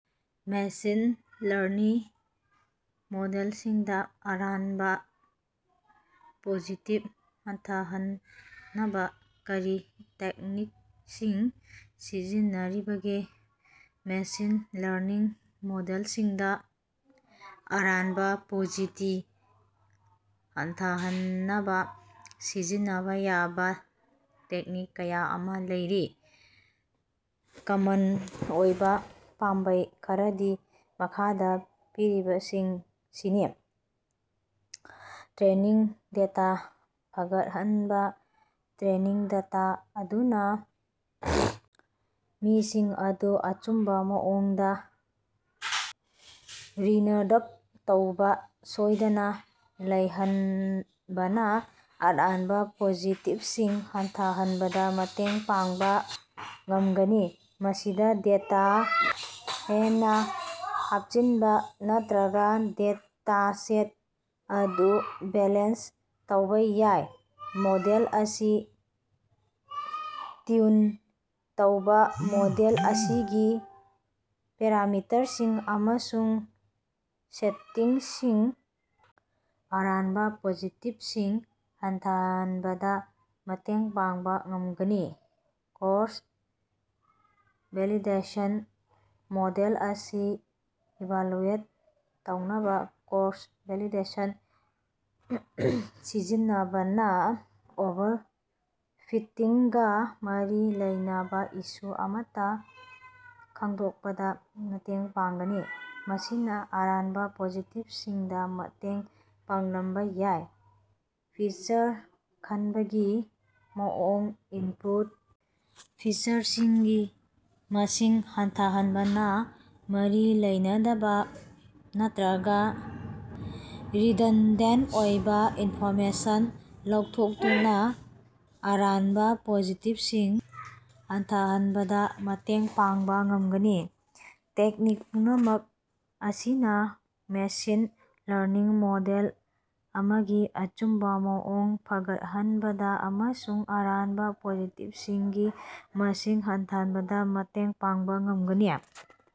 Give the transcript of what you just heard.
Machine ꯂꯔꯅꯤ ꯃꯣꯗꯦꯜꯁꯤꯡꯗ ꯑꯔꯥꯟꯕ ꯄꯣꯖꯤꯇꯤꯞ ꯍꯟꯊꯍꯟꯅꯕ ꯀꯔꯤ ꯇꯦꯛꯅꯤꯛꯁꯤꯡ ꯁꯤꯖꯤꯟꯅꯔꯤꯕꯒꯦ ꯃꯦꯁꯤꯟ ꯂꯔꯅꯤꯡ ꯃꯣꯗꯦꯜꯁꯤꯡꯗ ꯑꯔꯥꯟꯕ ꯄꯣꯖꯤꯇꯤ ꯍꯟꯊꯍꯟꯅꯕ ꯁꯤꯖꯤꯟꯅꯕ ꯌꯥꯕ ꯇꯦꯛꯅꯤꯛ ꯀꯌꯥ ꯑꯃ ꯂꯩꯔꯤ꯫ ꯀꯃꯟ ꯑꯣꯏꯕ ꯄꯥꯝꯕꯩ ꯈꯔꯗꯤ ꯃꯈꯥꯗ ꯄꯤꯔꯤꯕꯁꯤꯡꯁꯤꯅꯤ ꯇꯔꯦꯅꯤꯡ ꯗꯦꯇꯥ ꯐꯒꯠꯍꯟꯕ ꯇꯔꯦꯅꯤꯡ ꯗꯦꯇꯥ ꯑꯗꯨꯅ ꯃꯤꯁꯤꯡ ꯑꯗꯨ ꯑꯆꯨꯝꯕ ꯃꯑꯣꯡꯗ ꯔꯤꯅꯔꯗꯛ ꯇꯧꯕ ꯁꯣꯏꯗꯅ ꯂꯩꯍꯟꯕꯅ ꯑꯔꯥꯟꯕ ꯄꯣꯖꯤꯇꯤꯞꯁꯤꯡ ꯍꯟꯊꯍꯟꯕꯗ ꯃꯇꯦꯡ ꯄꯥꯡꯕ ꯉꯝꯒꯅꯤ꯫ ꯃꯁꯤꯗ ꯗꯦꯇꯥ ꯍꯦꯟꯅ ꯍꯥꯞꯆꯤꯟꯕ ꯅꯠꯇ꯭ꯔꯒ ꯗꯦꯇꯥꯁꯦꯠ ꯑꯗꯨ ꯕꯦꯂꯦꯟꯁ ꯇꯧꯕ ꯌꯥꯏ꯫ ꯃꯣꯗꯦꯜ ꯑꯁꯤ ꯇꯤꯌꯨꯟ ꯇꯧꯕ ꯃꯣꯗꯦꯜ ꯑꯁꯤꯒꯤ ꯄꯦꯔꯥꯃꯤꯇꯔꯁꯤꯡ ꯑꯃꯁꯨꯡ ꯁꯦꯇꯤꯡꯁꯤꯡ ꯑꯔꯥꯟꯕ ꯄꯣꯖꯤꯇꯤꯞꯁꯤꯡ ꯍꯟꯊꯍꯟꯕꯗ ꯃꯇꯦꯡ ꯄꯥꯡꯕ ꯉꯝꯒꯅꯤ꯫ ꯀ꯭ꯔꯣꯁ ꯚꯦꯂꯤꯗꯦꯁꯟ ꯃꯣꯗꯦꯜ ꯑꯁꯤ ꯏꯚꯥꯂꯨꯑꯦꯠ ꯇꯧꯅꯕ ꯀ꯭ꯔꯣꯁ ꯚꯦꯂꯤꯗꯦꯁꯟ ꯁꯤꯖꯤꯟꯅꯕꯅ ꯑꯣꯚꯔꯐꯤꯠꯇꯤꯡꯒ ꯃꯔꯤ ꯂꯩꯅꯕ ꯏꯁꯨ ꯑꯃꯠꯇ ꯈꯪꯗꯣꯛꯄꯗ ꯃꯇꯦꯡ ꯄꯥꯡꯒꯅꯤ ꯃꯁꯤꯅ ꯑꯔꯥꯟꯕ ꯄꯣꯖꯤꯇꯤꯕꯁꯤꯡꯗ ꯃꯇꯦꯡ ꯄꯥꯡꯂꯝꯕ ꯌꯥꯏ꯫ ꯐꯤꯆꯔ ꯈꯟꯕꯒꯤ ꯃꯑꯣꯡ ꯏꯟꯄꯨꯠ ꯐꯤꯆꯔꯁꯤꯡꯒꯤ ꯃꯁꯤꯡ ꯍꯟꯊꯍꯟꯕꯅ ꯃꯔꯤ ꯂꯩꯅꯗꯕ ꯅꯠꯇ꯭ꯔꯒ ꯔꯤꯗꯟꯗꯦꯟꯇ ꯑꯣꯏꯕ ꯏꯟꯐꯣꯔꯃꯦꯁꯟ ꯂꯧꯊꯣꯛꯇꯨꯅ ꯑꯔꯥꯟꯕ ꯄꯣꯖꯤꯇꯤꯕꯁꯤꯡ ꯍꯟꯊꯍꯟꯕꯗ ꯃꯇꯦꯡ ꯄꯥꯡꯕ ꯉꯝꯒꯅꯤ꯫ ꯇꯦꯛꯅꯤꯛ ꯄꯨꯝꯅꯃꯛ ꯑꯁꯤꯅ ꯃꯦꯁꯤꯟ ꯂꯔꯅꯤꯡ ꯃꯣꯗꯦꯜ ꯑꯃꯒꯤ ꯑꯆꯨꯝꯕ ꯃꯑꯣꯡ ꯐꯒꯠꯍꯟꯕꯗ ꯑꯃꯁꯨꯡ ꯑꯔꯥꯟꯕ ꯄꯣꯖꯤꯇꯤꯕꯁꯤꯡꯒꯤ ꯃꯁꯤꯡ ꯍꯟꯊꯍꯟꯕꯗ ꯃꯇꯦꯡ ꯄꯥꯡꯕ ꯉꯝꯒꯅꯤ꯫